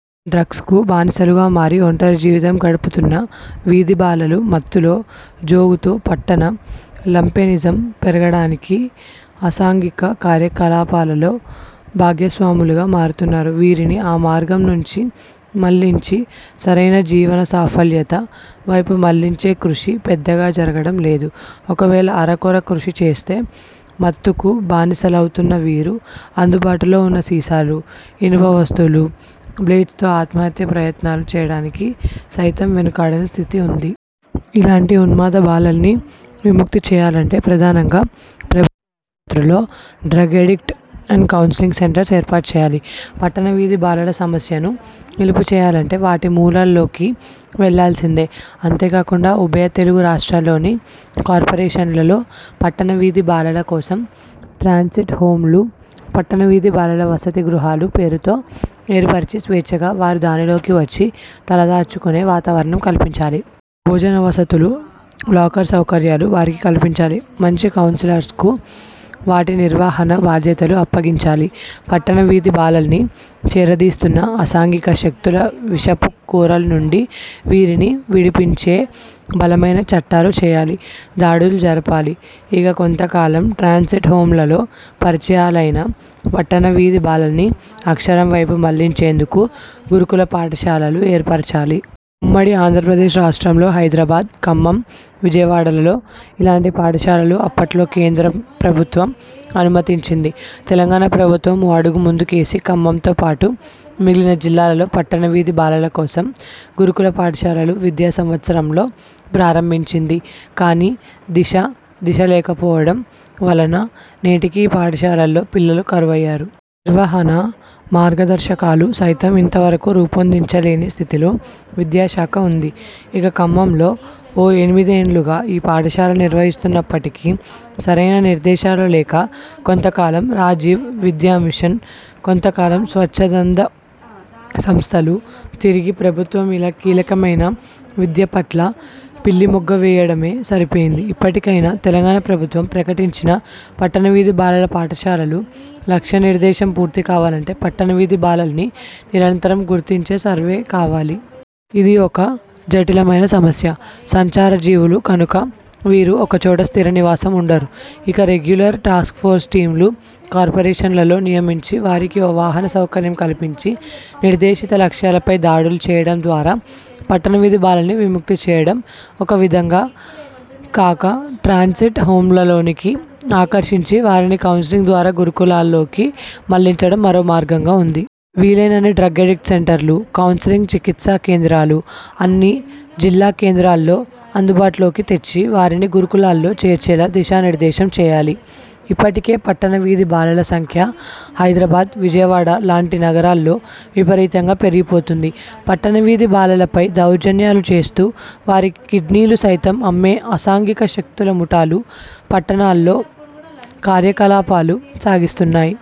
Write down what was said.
'డ్రగ్స్'కు బానిసలుగా మారి ఒంటరి జీవితం గడుపుతున్న వీధి బాలలు మత్తులో జోగుతూ పట్టణ లంపెనిజం పెరగడానికి, అసాంఘిక కార్యకలాపాల్లో భాగస్వాములుగా మారుతున్నారు. వీరిని ఆ మార్గం నుంచి మళ్లించి సరైన జీవన సాఫల్యత వైపు మళ్లించే కృషి పెద్దగా జరగడం లేదు. ఒకవేళ అరకొర కృషి చేస్తే మత్తుకు బానిసలౌతున్న వీరు అందుబాటులో ఉన్న సీసాలు, ఇనుప వస్తువులు, బ్లేడ్స్తో ఆత్మహత్య ప్రయత్నాలు చేయడానికి సైతం వెనుకాడని స్థితి ఉంది. ఇలాంటి ఉన్మాద బాలల్ని విముక్తి చేయాలంటే ప్రధానంగా ప్రభుత్వ ఆసుపత్రుల్లో drug addict and counselling centres ఏర్పాటు చేయాలి. పట్టణ వీధి బాలల సమస్యను నిలుపుచేయాలంటే వాటి మూలాల్లోకి వెళ్ళాల్సిందే. అంతేకాకుండా ఉభయ తెలుగు రాష్ట్రాల్లోని కార్పొరేషన్లలో పట్టణ వీధి బాలల కోసం 'ట్రాన్సిట్ హోం'లు, పట్టణ వీధి బాలల వసతి గృహాలు పేరుతో ఏర్పరచి స్వేచ్ఛగా వారు దానిలోకి వచ్చి తలదాచుకునే వాతావరణం కల్పించాలి. భోజన వసతులు, లాకర్ సౌకర్యాలు వారికి కల్పించాలి. మంచి కౌన్సిలర్స్కు వాటి నిర్వహణా బాధ్యతలు అప్పగించాలి. పట్టణ వీధి బాలల్ని చేరదీస్తున్న అసాంఘిక శక్తుల విషపు కోరల్నుండి వీరిని విడిపించే బలమైన చట్టాలు చేయాలి. దాడులు జరపాలి. ఇక కొంతకాలం 'ట్రాన్సిట్ హోం'లలో పరిచయాలైన పట్టణ వీధి బాలల్ని అక్షరం వైపు మళ్లించేందుకు గురుకుల పాఠశాలలు ఏర్పరచాలి. ఉమ్మడి ఆంధ్రప్రదేశ్ రాష్ట్రంలో హైదరాబాద్, ఖమ్మం, విజయవాడలలో ఇలాంటి పాఠశాలలు అప్పట్లో కేంద్ర ప్రభుత్వం అనుమతించింది. తెలంగాణ ప్రభుత్వం ఓ అడుగు ముందుకేసి ఖమ్మంతో పాటు మిగిలిన జిల్లాల్లో పట్టణ వీధి బాలల కోసం గురుకుల పాఠశాలలు విద్యా సంవత్సరంలో ప్రారంభించింది. కానీ దిశ, దశ లేకపోవడం వలన నేటికీ ఈ పాఠశాలల్లో పిల్లలు కరువయ్యారు. నిర్వహణా మార్గదర్శకాలు సైతం ఇంతవరకు రూపొందించలేని స్థితిలో విద్యాశాఖ ఉంది. ఇక ఖమ్మంలో ఓ ఎనిమిదేండ్లుగా ఈ పాఠశాల నిర్వహిస్తున్నప్పటికీ సరైన నిర్దేశాలు లేక కొంతకాలం రాజీవ్ విద్యామిషన్, కొంతకాలం స్వచ్ఛంద సంస్థలు, తిరిగి ప్రభుత్వం ఇలా కీలకమైన విద్యపట్ల పిల్లిమొగ్గవేయడమే సరిపోయింది. ఇప్పటికైనా తెలంగాణ ప్రభుత్వం ప్రకటించిన పట్టణ వీధి బాలల పాఠశాలలు లక్ష్య నిర్దేశం పూర్తి కావాలంటే పట్టణ వీధి బాలల్ని నిరంతరం గుర్తించే సర్వేకావాలి. ఇది ఒక జటిలమైన సమస్య. సంచారజీవులు కనుక వీరు ఒకచోట స్థిర నివాసం ఉండరు. ఇక రెగ్యులర్ టాస్క్ఫోర్స్ టీంలు కార్పొరేషన్లలో నియమించి వారికి ఓ వాహన సౌకర్యం కల్పించి నిర్దేశిత లక్ష్యాలపై దాడులు చేయడం ద్వారా పట్టణ వీధి బాలల్ని విముక్తి చేయడం ఒక విధానం కాగా ట్రాన్సిట్ హోంలలోనికి ఆకర్షించి వారిని కౌన్సిలింగ్ ద్వారా గురుకులాల్లోకి మళ్లించడం మరో మార్గంగా ఉంది. వీలైనన్ని డ్రగ్ ఎడిక్ట్ సెంటర్లు, కౌన్సిలింగ్ చికిత్సా కేంద్రాలు అన్ని జిల్లా కేంద్రాల్లో అందుబాటులోకి తెచ్చి వారిని గురుకులాల్లో చేర్చేలా దిశానిర్దేశం చేయాలి. ఇప్పటికే పట్టణ వీధి బాలల సంఖ్య హైదరాబాద్, విజయవాడ లాంటి నగరాల్లో విపరీతంగా పెరిగిపోతోంది. పట్టణ వీధి బాలలపై దౌర్జన్యాలు చేస్తూ వారి కిడ్నీలు సైతం అమ్మే అసాంఘిక శక్తుల ముఠాలు పట్టణాల్లో కార్యకలాపాలు సాగిస్తున్నాయి.